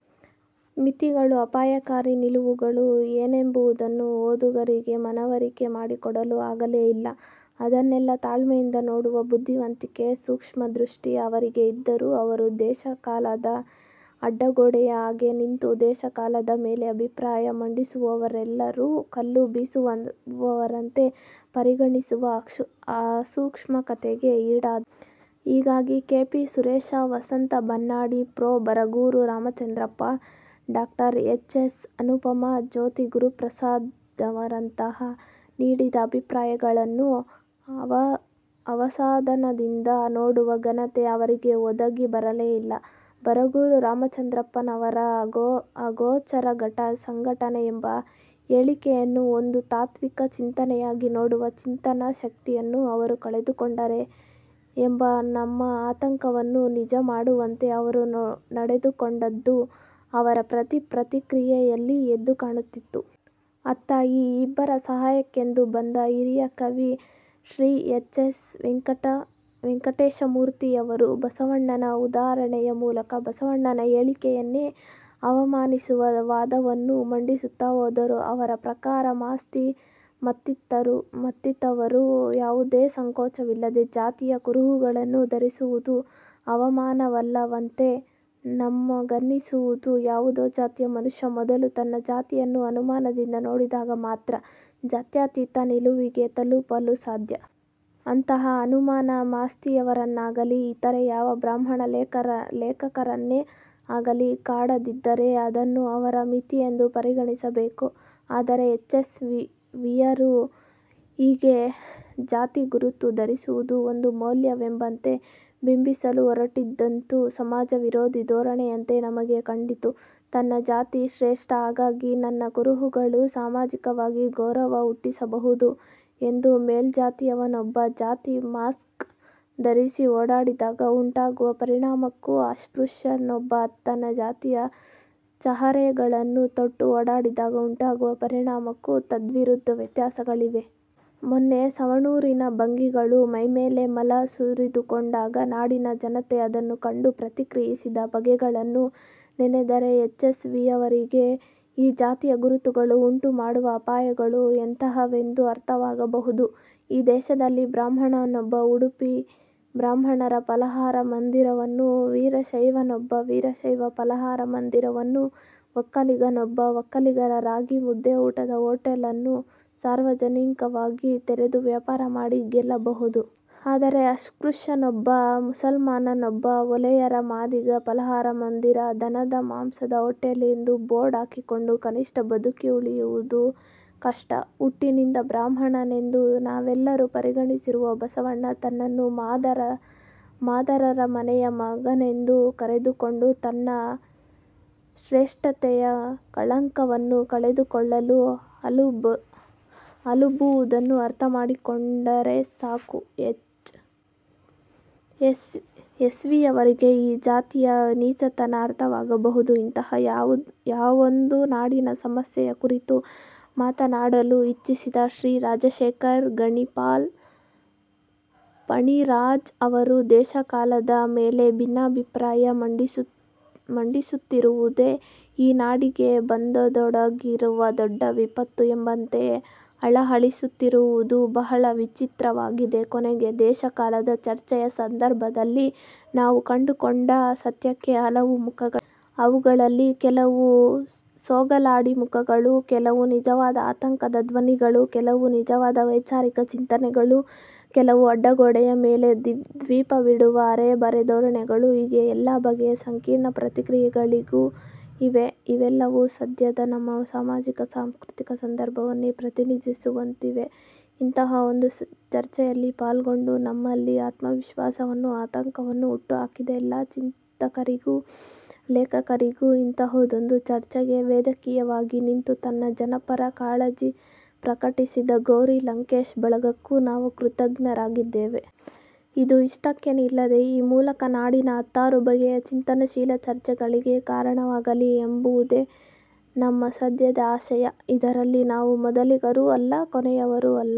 ಮಿತಿಗಳು, ಅಪಾಯಕಾರಿ ನಿಲುವುಗಳು ಏನೆಂಬುದನ್ನು ಓದುಗರಿಗೆ ಮನವರಿಕೆ ಮಾಡಿಕೊಡಲು ಆಗಲೇ ಇಲ್ಲ. ಅದನ್ನೆಲ್ಲ ತಾಳ್ಮೆಯಿಂದ ನೋಡುವ ಬುದ್ಧಿವಂತಿಕೆ, ಸೂಕ್ಷ್ಮ ದೃಷ್ಟಿ ಅವರಿಗೆ ಇದ್ದರೂ ಅವರು 'ದೇಶ ಕಾಲ'ದ ಅಡ್ಡಗೋಡೆಯ ಹಾಗೆ ನಿಂತು, ದೇಶ ಕಾಲದ ಮೇಲೆ ಅಭಿಪ್ರಾಯ ಮಂಡಿಸುವವರೆಲ್ಲರೂ ಕಲ್ಲು ಬೀಸುವವರೆಂದು ಪರಿಗಣಿಸುವ ಅಸೂಕ್ಷ್ಮತೆಗೆ ಈಡಾದರು. ಹೀಗಾಗಿ K. P. Suresha, Vasanth Bannadi, prof. Baraguru Ramachandrappa, ಡಾ. ಎಚ್. ಎಸ್. ಅನುಪಮಾ, ಜ್ಯೋತಿ ಗುರುಪ್ರಸಾದ್ರಂತಹವರು ನೀಡಿದ ಅಭಿಪ್ರಾಯಗಳನ್ನೂ ಸಾವಧಾನದಿಂದ ನೋಡುವ ಘನತೆ ಅವರಿಗೆ ಒದಗಿ ಬರಲೇ ಇಲ್ಲ. ಬರಗೂರು ರಾಮಚಂದ್ರಪ್ಪನವರ 'ಅಗೋಚರ ಸಂಘಟನೆ' ಎಂಬ ಹೇಳಿಕೆಯನ್ನು ಒಂದು ತಾತ್ವಿಕ ಚಿಂತನೆಯಾಗಿ ನೋಡುವ ಚಿಂತನ ಶಕ್ತಿಯನ್ನೂ ಅವರು ಕಳೆದುಕೊಂಡರೆ ಎಂಬ ನಮ್ಮ ಆತಂಕವನ್ನು ನಿಜ ಮಾಡುವಂತೆ ಅವರು ನಡೆದುಕೊಂಡದ್ದು ಅವರ ಪ್ರತಿ ಪ್ರತಿಕ್ರಿಯೆಯಲ್ಲಿ ಎದ್ದು ಕಾಣುತ್ತಿತ್ತು. ಅತ್ತ ಈ ಇಬ್ಬರ ಸಹಾಯಕ್ಕೆಂದು ಬಂದ ಹಿರಿಯ ಕವಿ ಶ್ರಿ ಎಚ್. ಎಸ್. ವೆಂಕಟೇಶಮೂರ್ತಿಯವರು ಬಸವಣ್ಣನ ಉದಾಹರಣೆಯ ಮೂಲಕ ಬಸವಣ್ಣನ ಹೇಳಿಕೆಯನ್ನೇ ಅವಮಾನಿಸುವ ವಾದವನ್ನು ಮಂಡಿಸುತ್ತಾ ಹೋದರು. ಅವರ ಪ್ರಕಾರ ಮಾಸ್ತಿ ಮತ್ತಿತರರು ಯಾವುದೇ ಸಂಕೋಚವಿಲ್ಲದೆ ಜಾತಿಯ ಕುರುಹುಗಳನ್ನು ಧರಿಸುವುದು ಅವಮಾನವಲ್ಲವಂತೆ. ನಮಗನ್ನಿಸುವುದು, ಯಾವುದೇ ಜಾತಿಯ ಮನುಷ್ಯ ಮೊದಲು ತನ್ನ ಜಾತಿಯನ್ನು ಅನುಮಾನದಿಂದ ನೋಡಿದಾಗ ಮಾತ್ರ ಜಾತ್ಯತೀತ ನಿಲುವಿಗೆ ತಲುಪಲು ಸಾಧ್ಯ. ಅಂತಹ ಅನುಮಾನ ಮಾಸ್ತಿಯವರನ್ನಾಗಲೀ, ಇತರೆ ಯಾವ ಬ್ರಾಹ್ಮಣ ಲೇಖಕರನ್ನೇ ಆಗಲಿ, ಕಾಡದಿದ್ದರೆ ಅದನ್ನು ಅವರ ಮಿತಿಯೆಂದು ಪರಿಗಣಿಸಬೇಕು. ಆದರೆ ಎಚ್. ಎಸ್. ವಿಯವರು ಹಾಗೆ ಜಾತಿ ಗುರುತು ಧರಿಸುವುದು ಒಂದು ಮೌಲ್ಯವೆಂಬಂತೆ ಬಿಂಬಿಸಲು ಹೊರಟಿದ್ದಂತೂ ಸಮಾಜವಿರೋಧಿ ಧೋರಣೆಯಂತೆ ನಮಗೆ ಕಂಡಿತು. 'ತನ್ನ ಜಾತಿ ಶ್ರೇಷ್ಠ, ಹಾಗಾಗಿ ನನ್ನ ಕುರುಹುಗಳು ಸಾಮಾಜಿಕವಾಗಿ ಗೌರವ ಹುಟ್ಟಿಸಬಹುದು' ಎಂದು ಮೇಲ್ಜಾತಿಯವನೊಬ್ಬ ಜಾತಿ 'ಮಾಸ್ಕ್' ಧರಿಸಿ ಓಡಾಡಿದಾಗ ಉಂಟಾಗುವ ಪರಿಣಾಮಕ್ಕೂ ಅಸ್ಪೃಶ್ಯನೊಬ್ಬ ತನ್ನ ಜಾತಿಯ ಚಹರೆಗಳನ್ನು ತೊಟ್ಟು ಓಡಾಡಿದಾಗ ಉಂಟಾಗುವ ಪರಿಣಾಮಕ್ಕೂ ತದ್ವಿರುದ್ಧ ವ್ಯತ್ಯಾಸಗಳಿವೆ. ಮೊನ್ನೆ ಸವಣೂರಿನ ಭಂಗಿಗಳು ಮೈಮೇಲೆ ಮಲ ಸುರಿದುಕೊಂಡಾಗ ನಾಡಿನ ಜನತೆ ಅದನ್ನು ಕಂಡು ಪ್ರತಿಕ್ರಿಯಿಸಿದ ಬಗೆಗಳನ್ನು ನೆನೆದರೆ ಎಚ್. ಎಸ್. ವಿಯವರಿಗೆ ಈ ಜಾತಿ ಗುರುತುಗಳು ಉಂಟು ಮಾಡುವ ಅಪಾಯಗಳು ಎಂತಹವೆಂದು ಅರ್ಥವಾಗಬಹುದು. ಈ ದೇಶದಲ್ಲಿ ಬ್ರಾಹ್ಮಣನೊಬ್ಬ 'ಉಡುಪಿ ಬ್ರಾಹ್ಮಣರ ಫಲಾಹಾರ ಮಂದಿರ'ವನ್ನೂ, ವೀರಶೈವನೊಬ್ಬ 'ವೀರಶೈವ ಫಲಾಹಾರ ಮಂದಿರ'ವನ್ನೂ, ಒಕ್ಕಲಿಗನೊಬ್ಬ 'ಒಕ್ಕಲಿಗರ ರಾಗಿ ಮುದ್ದೆ ಊಟದ ಹೋಟೆಲ್' ಅನ್ನೂ ಸಾರ್ವಜನಿಕವಾಗಿ ತೆರೆದು ವ್ಯಾಪಾರ ಮಾಡಿ ಗೆಲ್ಲಬಹುದು. ಆದರೆ ಅಸ್ಪೃಶ್ಯನೊಬ್ಬ, ಮುಸಲ್ಮಾನನೊಬ್ಬ 'ಹೊಲೆಯರ-ಮಾದಿಗರ ಫಲಾಹಾರ ಮಂದಿರ', 'ದನದ ಮಾಂಸದ ಹೋಟೆಲ್' ಎಂದು ಬೋರ್ಡು ಹಾಕಿಕೊಂಡು ಕನಿಷ್ಟ ಬದುಕಿ ಉಳಿಯುವುದೂ ಕಷ್ಟ. ಹುಟ್ಟಿನಿಂದ ಬ್ರಾಹ್ಮಣನೆಂದು ನಾವೆಲ್ಲರೂ ಪರಿಗಣಿಸಿರುವ ಬಸವಣ್ಣ ತನ್ನನ್ನು ಮಾದಾರರ ಮನೆಯ ಮಗನೆಂದು ಕರೆದುಕೊಂಡು ತನ್ನ 'ಶ್ರೇಷ್ಠತೆಯ ಕಳಂಕ'ವನ್ನು ಕಳೆದುಕೊಳ್ಳಲು ಹಲುಬುವುದನ್ನು ಅರ್ಥಮಾಡಿಕೊಂಡಿದ್ದರೆ ಸಾಕು; ಎಚ್. ಎಸ್. ವಿಯವರಿಗೆ ಈ ಜಾತೀಯತೆಯ ನೀಚತನ ಅರ್ಥವಾಗಬಹುದು. ಇಂತಹ ಯಾವೊಂದು ನಾಡಿನ ಸಮಸ್ಯೆಯ ಕುರಿತೂ ಮಾತನಾಡಲು ಇಚ್ಛಿಸದ ಶ್ರೀ ರಾಜಶೇಖರ್-ಫಣಿರಾಜ್ ಅವರು 'ದೇಶ ಕಾಲ'ದ ಮೇಲೆ ಭಿನ್ನಾಭಿಪ್ರಾಯ ಮಂಡಿಸುತ್ತಿರುವುದೇ ಈ ನಾಡಿಗೆ ಬಂದೊದಗಿರುವ ದೊಡ್ಡ ವಿಪತ್ತು ಎಂಬಂತೆ ಹಳಹಳಿಸುತ್ತಿರುವುದು ಬಹಳ ವಿಚಿತ್ರವಾಗಿದೆ. ಕೊನೆಗೆ 'ದೇಶ ಕಾಲ'ದ ಚರ್ಚೆಯ ಸಂದರ್ಭದಲ್ಲಿ ನಾವು ಕಂಡುಕೊಂಡ ಸತ್ಯಕ್ಕೆ ಹಲವು ಮುಖಗಳಿವೆ. ಅವುಗಳಲ್ಲಿ ಕೆಲವು ಸೋಗಲಾಡಿ ಮುಖಗಳೂ, ಕೆಲವು ನಿಜವಾದ ಆತಂಕದ ಧ್ವನಿಗಳೂ, ಕೆಲವು ನಿಜವಾದ ವೈಚಾರಿಕ ಚಿಂತನೆಗಳೂ, ಕೆಲವು ಅಡ್ಡಗೋಡೆಯ ಮೇಲೆ ದೀಪವಿಡುವ ಅರೆಬರೆ ಧೋರಣೆಗಳೂ ಹೀಗೆ ಎಲ್ಲ ಬಗೆಯ ಸಂಕೀರ್ಣ ಪ್ರತಿಕ್ರಿಯೆಗಳೂ ಇವೆ. ಇವೆಲ್ಲವೂ ಸದ್ಯದ ನಮ್ಮ ಸಾಮಾಜಿಕ ಸಾಂಸ್ಕೃತಿಕ ಸಂದರ್ಭವನ್ನೇ ಪ್ರತಿನಿಧಿಸುವಂತಿವೆ. ಇಂತಹ ಒಂದು ಚರ್ಚೆಯಲ್ಲಿ ಪಾಲ್ಗೊಂಡು ನಮ್ಮಲ್ಲಿ ಆತ್ಮವಿಶ್ವಾಸವನ್ನೂ ಆತಂಕವನ್ನೂ ಹುಟ್ಟು ಹಾಕಿದ ಎಲ್ಲಾ ಚಿಂತಕರಿಗೂ, ಲೇಖಕರಿಗೂ, ಇಂತಹುದೊಂದು ಚರ್ಚೆಗೆ ವೇದಿಕೆಯಾಗಿ ನಿಂತು ತನ್ನ ಜನಪರ ಕಾಳಜಿ ಪ್ರಕಟಿಸಿದ 'ಗೌರಿ ಲಂಕೇಶ್' ಬಳಗಕ್ಕೂ ನಾವು ಕೃತಜ್ಞರಾಗಿದ್ದೇವೆ. ಇದು ಇಷ್ಟಕ್ಕೇ ನಿಲ್ಲದೆ; ಈ ಮೂಲಕ ನಾಡಿನ ಹತ್ತಾರು ಬಗೆಯ ಚಿಂತನಶೀಲ ಚರ್ಚೆಗಳಿಗೆ ಕಾರಣವಾಗಲಿ ಎಂಬುದೇ ನಮ್ಮ ಸದ್ಯದ ಆಶಯ. ಇದರಲ್ಲಿ ನಾವು ಮೊದಲಿಗರೂ ಅಲ್ಲ, ಕೊನೆಯವರೂ ಅಲ್ಲ.